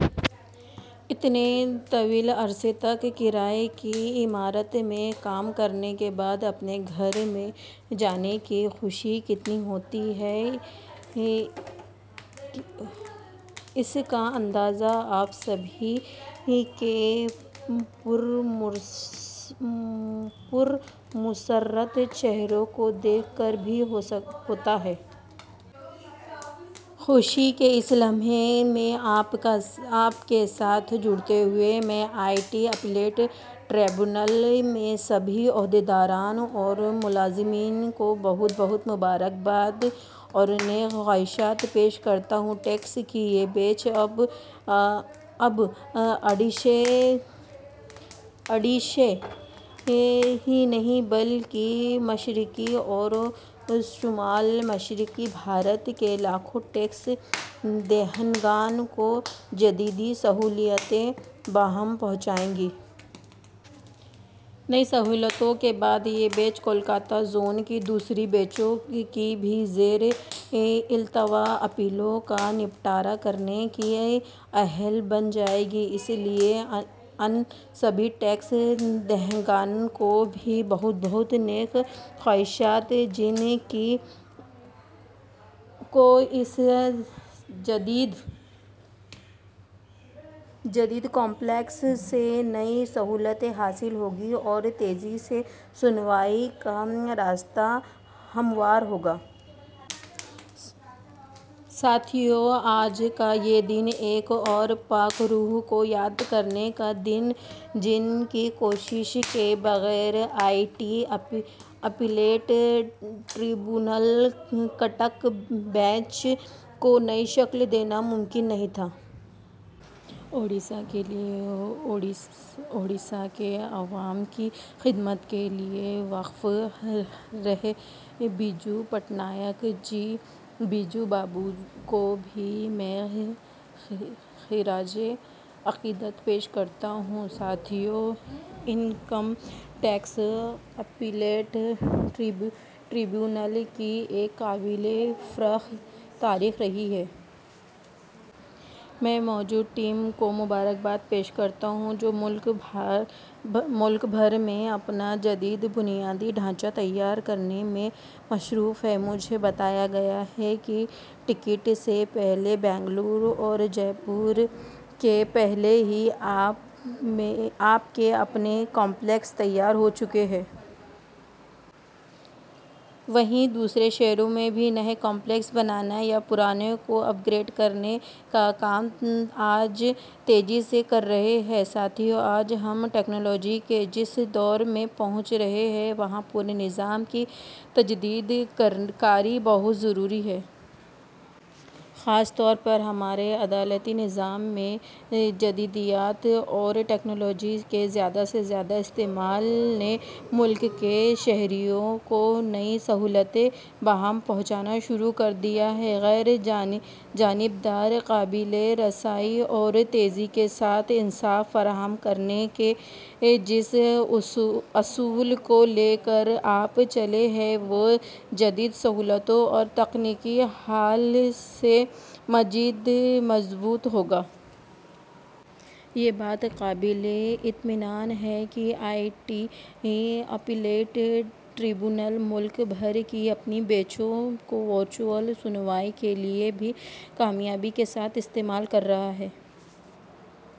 اتنے طویل عرصے تک کرائے کی عمارت میں کام کرنے کے بعد اپنے گھر میں جانے کی خوشی کتنی ہوتی ہے اس کا اندازہ آپ سبھی کے پرمسرت چہروں کو دیکھ کر بھی ہوتا ہے۔ خوشی کے اس لمحے میں آپ کے ساتھ جڑتے ہوئے میں آئی ٹی اپیلیٹ ٹربیونل کے سبھی عہدیداران اور ملازمین کو بہت بہت مبارکباد اور نیک خواہشات پیش کرتا ہوں۔ کٹک کی یہ بینچ اب اڈیشہ ہی نہیں بلکہ مشرقی اور شمال مشرقی بھارت کے لاکھوں ٹیکس دہندگان کو جدید سہولیات بہم پہنچائے گی۔ نئی سہولیات کے بعد یہ بینچ کولکاتا زون کی دوسری بینچوں کی بھی زیر التوا اپیلوں کا نپٹارہ کرنے کی اہل بن پائے گی۔ اس لیے ان سبھی ٹیکس دہندگان کو بھی بہت بہت نیک خواہشات جن کو اس جدید کامپلیکس سے نئی سہولت حاصل ہوگی اور تیزی سے سنوائی کا راستہ ہموار ہوگا۔ ساتھیو، آج کا یہ دن ایک اور پاک روح کو یاد کرنے کا دن ہے جن کی کوششوں کے بغیر I T appellate tribunal Cuttack bench کو نئی شکل دینا ممکن نہیں تھا۔ اڈیشہ کے لیے، اڈیشہ کے عوام کی خدمت کے لیے وقف رہے بیجو پٹنائک جی، بیجو بابو کو بھی میں خراج عقیدت پیش کرتا ہوں۔ ساتھیو، انکم ٹیکس اپیلیٹ ٹربیونل کی ایک قابل فخر تاریخ رہی ہے۔ میں موجودہ ٹیم کو مبارکباد پیش کرتا ہوں جو ملک بھر میں اپنا جدید بنیادی ڈھانچہ تیار کرنے میں مصروف ہے۔ مجھے بتایا گیا ہے کہ کٹک سے پہلے بنگلورو اور جے پور میں پہلے ہی آپ کے اپنے کامپلیکس تیار ہو چکے ہیں۔ وہیں دوسرے شہروں میں بھی نئے کامپلیکس بنانے یا پرانوں کو اپ گریڈ کرنے کا کام آپ تیزی سے کر رہے ہیں۔ ساتھیو، آج ہم ٹیکنالوجی کے جس دور میں پہنچ رہے ہیں وہاں پورے نظام کی تجدید کاری بہت ضروری ہے۔ خاص طور پر ہمارے عدالتی نظام میں جدیدیت اور ٹیکنالوجی کے زیادہ سے زیادہ استعمال نے ملک کے شہریوں کو نئی سہولیات بہم پہنچانا شروع کر دیا ہے۔ غیر جانبدار، قابل رسائی اور تیزی کے ساتھ انصاف فراہم کرانے کے جس اصول کو لے کر آپ چلے ہیں وہ جدید سہولتوں اور تکنیکی حل سے مزید مضبوط ہوگا۔ یہ بات قابل اطمئنان ہے کہ آئی ٹی اپیلیٹ ٹربیونل ملک بھر کی اپنی بینچوں کو ورچوئل سنوائی کے لیے بھی کامیابی کے ساتھ استعمال کر رہا ہے۔